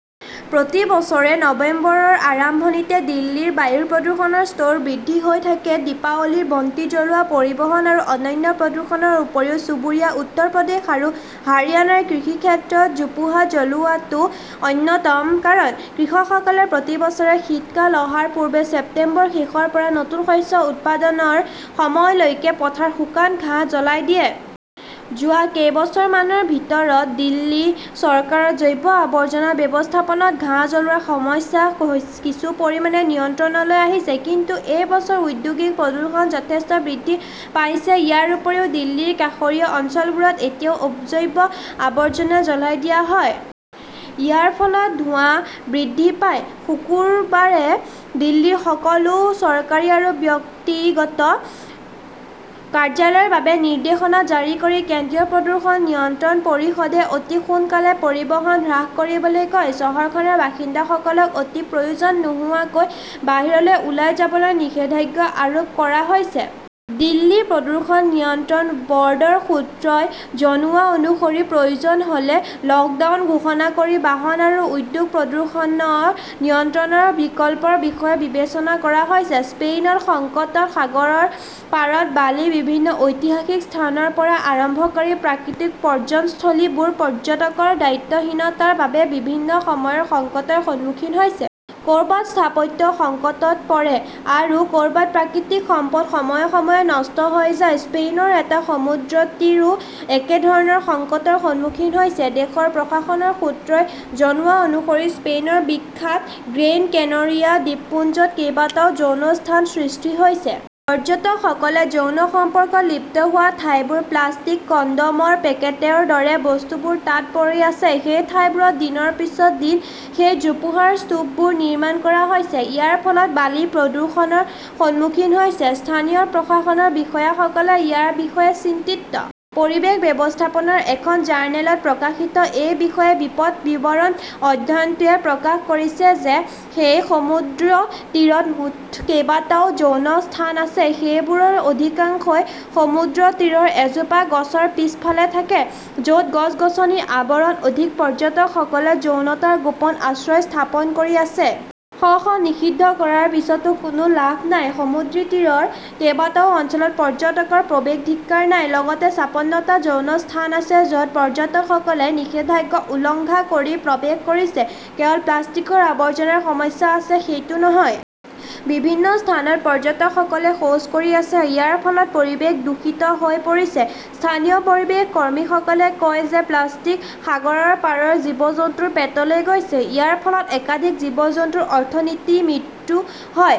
প্ৰতি বছৰে নৱেম্বৰৰ আৰম্ভণিতে দিল্লীৰ বায়ুৰ প্ৰদূষণৰ স্তৰ বৃদ্ধি হৈ থাকে। দীপাৱলীৰ বন্তি জ্বলোৱা, পৰিবহণ আৰু অন্যান্য প্ৰদূষণৰ উপৰিও চুবুৰীয়া উত্তৰ প্ৰদেশ আৰু হাৰিয়ানাৰ কৃষিক্ষেত্ৰত জোপোহা জ্বলোৱাটো অন্যতম কাৰণ। কৃষকসকলে প্ৰতি বছৰে শীতকাল অহাৰ পূৰ্বে ছেপ্টেম্বৰৰ শেষৰ পৰা নতুন শস্য উৎপাদনৰ সময়লৈকে পথাৰত শুকান ঘাঁহ জ্বলাই দিয়ে। যোৱা কেইবছৰমানৰ ভিতৰত দিল্লী চৰকাৰৰ জৈৱ আৱৰ্জনা ব্যৱস্থাপনাত ঘাঁহ জ্বলোৱাৰ সমস্যা কিছু পৰিমাণে নিয়ন্ত্ৰণলৈ আহিছে। কিন্তু এই বছৰ ঔদ্যোগিক প্ৰদূষণ যথেষ্ট বৃদ্ধি পাইছে। ইয়াৰ উপৰিও, দিল্লীৰ কাষৰীয়া অঞ্চলবোৰত এতিয়াও অজৈৱ আৱৰ্জনা জ্বলাই দিয়া হয়। ইয়াৰ ফলত ধোঁৱা বৃদ্ধি পায়। শুকুৰবাৰে দিল্লীৰ সকলো চৰকাৰী আৰু ব্যক্তিগত কাৰ্যালয়ৰ বাবে নিৰ্দেশনা জাৰি কৰি কেন্দ্ৰীয় প্ৰদূষণ নিয়ন্ত্ৰণ পৰিষদে অতি সোনকালে পৰিবহণ হ্ৰাস কৰিবলৈ কয়। চহৰখনৰ বাসিন্দাসকলক অতি প্ৰয়োজন নোহোৱাকৈ বাহিৰলৈ ওলাই যাবলৈও নিষেধাজ্ঞা আৰোপ কৰা হৈছে। দিল্লী প্ৰদূষণ নিয়ন্ত্ৰণ ব'ৰ্ডৰ সূত্ৰই জনোৱা অনুসৰি, প্ৰয়োজন হ'লে লকডাউন ঘোষণা কৰি বাহন আৰু উদ্যোগ-প্ৰদূষণ নিয়ন্ত্ৰণৰ বিকল্পৰ বিষয়েও বিবেচনা কৰা হৈছে। স্পেইনত সংকটত সাগৰৰ পাৰত বালি বিভিন্ন ঐতিহাসিক স্থানৰ পৰা আৰম্ভ কৰি প্ৰাকৃতিক পৰ্যটনস্থলীবোৰ পৰ্যটকৰ দায়িত্বহীনতাৰ বাবে বিভিন্ন সময়ত সংকটৰ সন্মুখীন হৈছে। ক'ৰবাত স্থাপত্য সংকটত পৰে, আৰু ক'ৰবাত প্ৰাকৃতিক সম্পদ সময়ে সময়ে নষ্ট হৈ যায়। স্পেইনৰ এটা সমুদ্ৰতীৰো একেধৰণৰ সংকটৰ সন্মুখীন হৈছে। দেশৰ প্ৰশাসনৰ সূত্ৰই জনোৱা অনুসৰি স্পেইনৰ বিখ্যাত গ্ৰেইন কেনৰিয়া দ্বীপপুঞ্জত কেইবাটাও যৌন স্থান সৃষ্টি হৈছে। পৰ্যটকসকলে যৌন সম্পৰ্কত লিপ্ত হোৱা ঠাইবোৰ, প্লাষ্টিক, কণ্ডমৰ পেকেটৰ দৰে বস্তুবোৰ তাত পৰি আছে। সেই ঠাইবোৰত দিনৰ পিছত দিন সেই জোপোহাৰ স্তূপবোৰ নিৰ্মাণ কৰা হৈছে। ইয়াৰ ফলত বালি প্ৰদূষণৰ সন্মুখীন হৈছে। স্থানীয় প্ৰশাসনৰ বিষয়াসকলে ইয়াৰ বিষয়ে চিন্তিত। পৰিৱেশ ব্যৱস্থাপনাৰ এখন জাৰ্নেলত প্ৰকাশিত এই বিষয়ে বিশদ বিৱৰণ। অধ্যয়নটোৱে প্ৰকাশ কৰিছে যে সেই সমুদ্ৰতীৰত মুঠ কেইবাটাও যৌন স্থান আছে। সেইবোৰৰ অধিকাংশই সমুদ্ৰতীৰৰ এজোপা গছৰ পিছফালে থাকে। য'ত গছ-গছনিৰ আৱৰণ অধিক, পৰ্যটকসকলে যৌনতাৰ গোপন আশ্ৰয় স্থাপন কৰি আছে। শ শ নিষিদ্ধ কৰাৰ পিছতো কোনো লাভ নাই। সমুদ্ৰতীৰৰ কেইবাটাও অঞ্চলত পৰ্যটকৰ প্ৰৱেশাধিকাৰ নাই, লগতে ছাপ্পনটা যৌন স্থান আছে য 'ত পৰ্যটকসকলে নিষেধাজ্ঞা উলংঘা কৰি প্ৰৱেশ কৰিছে। কেৱল প্লাষ্টিকৰ আৱৰ্জনাৰ সমস্যা আছে, সেইটো নহয়। বিভিন্ন স্থানত পৰ্যটকসকলে শৌচ কৰি আছে। ইয়াৰ ফলত পৰিৱেশ দূষিত হৈ পৰিছে। স্থানীয় পৰিৱেশ কৰ্মীসকলে কয় যে প্লাষ্টিক সাগৰৰ পাৰৰ জীৱ-জন্তুৰ পেটলৈ গৈছে। ইয়াৰ ফলত একাধিক জীৱ-জন্তুৰ অৰ্থহীন মৃত্যু হয়।